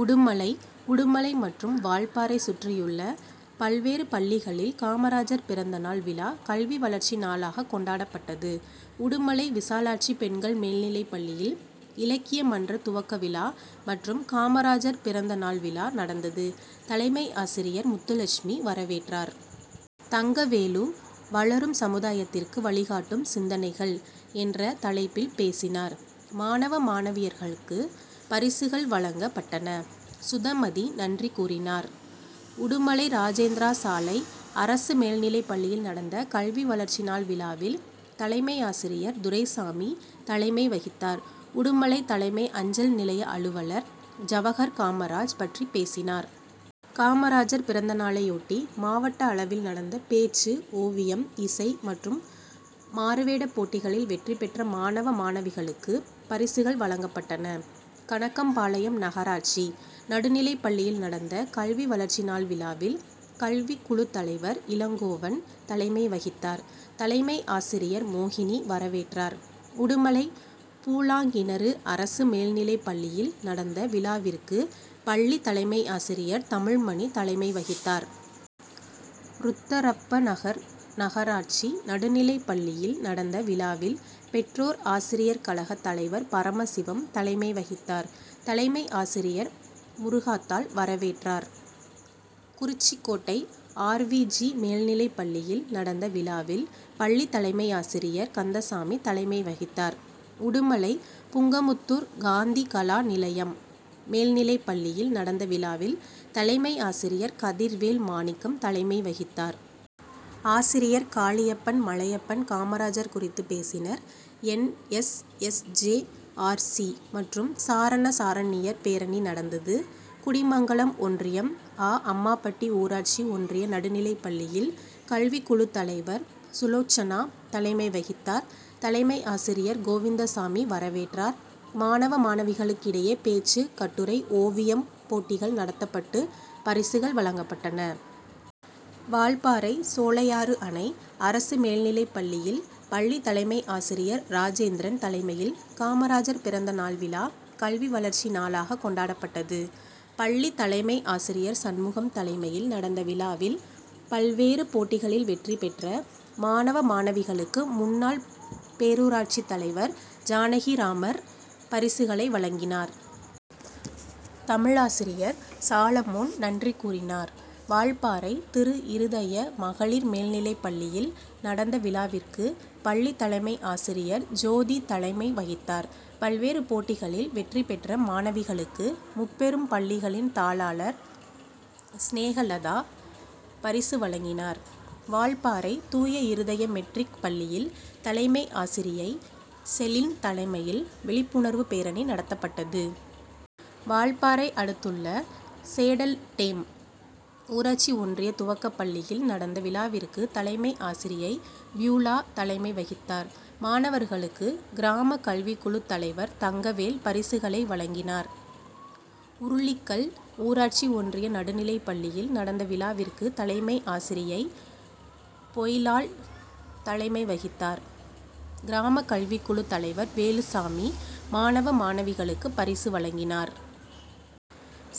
உடுமலை உடுமலை மற்றும் வால்பாறை சுற்றியுள்ள பல்வேறு பள்ளிகளில் காமராஜர் பிறந்த நாள் விழா, கல்வி வளர்ச்சி நாளாக கொண்டாப்பட்டது. உடுமலை விசாலாட்சி பெண்கள் மேல்நிலைப்பள்ளியில், இலக்கிய மன்ற துவக்க விழா மற்றும் காமராஜர் பிறந்த நாள் விழா நடந்தது. தலைமை ஆசிரியர் முத்துலட்சுமி வரவேற்றார். தங்கவேலு வளரும் சமுதாயத்திற்கு வழிகாட்டும் சிந்தனைகள்' என்ற தலைப்பில், பேசினார். மாணவ, மாணவியர்களுக்குப் பரிசுகள் வழங்க பட்டன. சுதமதி நன்றி கூறினார். உடுமலை ராஜேந்திரா சாலை அரசு மேல்நிலைப்பள்ளியில் நடந்த கல்வி வளர்ச்சி நாள் விழாவில், தலைமையாசிரியர் துரைசாமி தலைமை வகித்தார். உடுமலை தலைமை அஞ்சல் நிலைய அலுவலர் ஜவஹர் காமராஜர் பற்றி பேசினார். காமராஜர் பிறந்தநாளையொட்டி, மாவட்ட அளவில் நடந்த பேச்சு, ஓவியம், இசை மற்றும் மாறுவேடப்போட்டிகளில் வெற்றி பெற்ற மாணவ, மாணவிகளுக்குப் பரிசுகள் வழங்கப்பட்டன. கணக்கம்பாளையம் நகராட்சி நடுநிலைப்பள்ளியில் நடந்த கல்வி வளர்ச்சி நாள் விழாவில், கல்விக்குழுத்தலைவர் இளங்கோவன் தலைமை வகித்தார். தலைமையாசிரியர் மோகினி வரவேற்றார். உடுமலை பூலாங்கிணறு அரசு மேல்நிலைப்பள்ளியில் நடந்த விழாவிற்கு பள்ளி தலைமையாசிரியர் தமிழ்மணி தலைமை வகித்தார். ருத்தரப்ப நகர் நகராட்சி நடுநிலைப்பள்ளியில், நடந்த விழாவில் பெற்றோர் ஆசிரியர் கழக தலைவர் பரமசிவம் தலைமை வகித்தார். தலைமையாசிரியர் முருகாத்தாள் வரவேற்றார். குறிச்சிக்கோட்டை ஆர். வி. ஜி., மேல்நிலைப்பள்ளியில் நடந்த விழாவில், பள்ளி தலைமையாசிரியர் கந்தசாமி தலைமை வகித்தார். உடுமலை புங்கமுத்தூர் காந்தி கலா நிலையம் மேல்நிலைப்பள்ளியில் நடந்த விழாவில், தலைமையாசிரியர் கதிர்வேல் மாணிக்கம் தலைமை வகித்தார். ஆசிரியர் காளியப்பன், மலையப்பன் காமராஜர் குறித்து பேசினர். N. S. S., J. R. C., மற்றும் சாரண, சாரணியர் பேரணி நடந்தது. குடிமங்கலம் ஒன்றியம் ஆ. அம்மாபட்டி ஊராட்சி ஒன்றிய நடுநிலைப்பள்ளியில் கல்விக்குழுத்தலைவர் சுலோச்சனா தலைமை வகித்தார். தலைமையாசிரியர் கோவிந்தசாமி வரவேற்றார். மாணவ, மாணவிகளுக்கிடையே பேச்சு, கட்டுரை, ஓவியம் போட்டிகள் நடத்தப்பட்டு, பரிசுகள் வழங்கப்பட்டன. வால்பாறை சோலையாறு அணை அரசு மேல்நிலைப்பள்ளியில் பள்ளி தலைமை ஆசிரியர் ராஜேந்திரன் தலைமையில் காமராஜர் பிறந்த நாள் விழா, கல்வி வளர்ச்சி நாளாக கொண்டாப்பட்டது. பள்ளி தலைமை ஆசிரியர் சண்முகம் தலைமையில் நடந்த விழாவில் பல்வேறு போட்டிகளில் வெற்றி பெற்ற மாணவ, மாணவிகளுக்கு முன்னாள் பேரூராட்சித்தலைவர் ஜானகிராமர் பரிசுகளை வழங்கினார். தமிழாசிரியர் சாலமோன் நன்றி கூறினார். வால்பாறை திருஇருதய மகளிர் மேல்நிலைப்பள்ளியில் நடந்த விழாவிற்கு பள்ளி தலைமை ஆசிரியர் ஜோதி தலைமை வகித்தார். பல்வேறு போட்டிகளில் வெற்றி பெற்ற மாணவிகளுக்கு முப்பெரும் பள்ளிகளின் தாளாளர் ஸ்நேகலதா பரிசு வழங்கினார். வால்பாறை தூய இருதய மெட்ரிக் பள்ளியில் தலைமை ஆசிரியை செலின் தலைமையில் விழிப்புணர்வு பேரணி நடத்தப் பட்டது. வால்பாறை அடுத்துள்ள சேடல்டேம் ஊராட்சி ஒன்றிய துவக்கப்பள்ளியில் நடந்த விழாவிற்கு தலைமை ஆசிரியை பியூலா தலைமை வகித்தார். மாணவர்களுக்கு கிராம கல்விக்குழு தலைவர் தங்கவேல் பரிசுகளை வழங்கினார். உருளிக்கல் ஊராட்சி ஒன்றிய நடுநிலைப்பள்ளியில் நடந்த விழாவிற்கு தலைமை ஆசிரியை பொய்லாள் தலைமை வகித்தார். கிராம கல்விக்குழு தலைவர் வேலுச்சாமி மாணவ, மாணவிகளுக்கு பரிசு வழங்கினார்.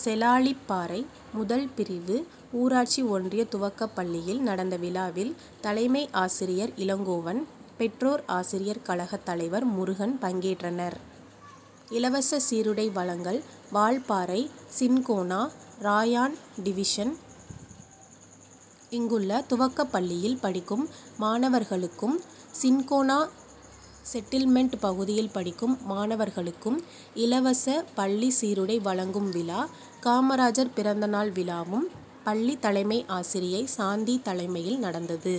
செலாளிப்பாறை முதல்பிரிவு ஊராட்சி ஒன்றிய துவக்கபள்ளியில் நடந்த விழாவில் தலைமை ஆசிரியர் இளங்கோவன், பெற்றோர் ஆசிரியர் கழக தலைவர் முருகன் பங்கேற்றனர். இலவச சீருடை வழங்கல் வால் பாறை, சின்கோனா ராயான் டிவிஷன். இங்குள்ள துவக்கப்பள்ளியில் படிக்கும் மாணவர்களுக்கும், சின்கோனா செட்டில்மெண்ட் பகுதியில் படிக்கும் மாணவர் களுக்கும் இலவச பள்ளி சீருடை வழங்கும் விழா, காமராஜர் பிறந்தநாள் விழாவும் பள்ளி தலைமை ஆசிரியை சாந்தி தலைமையில் நடந்தது.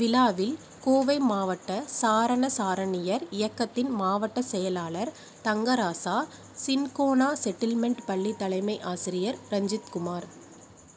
விழாவில் கோவை மாவட்ட சாரண, சாரணியர் இயக்கத்தின் மாவட்ட செயலாளர் தங்கராசா, சின்கோனா செட்டில்மெண்ட் பள்ளி தலைமை ஆசிரியர் ரஞ்சித் குமார்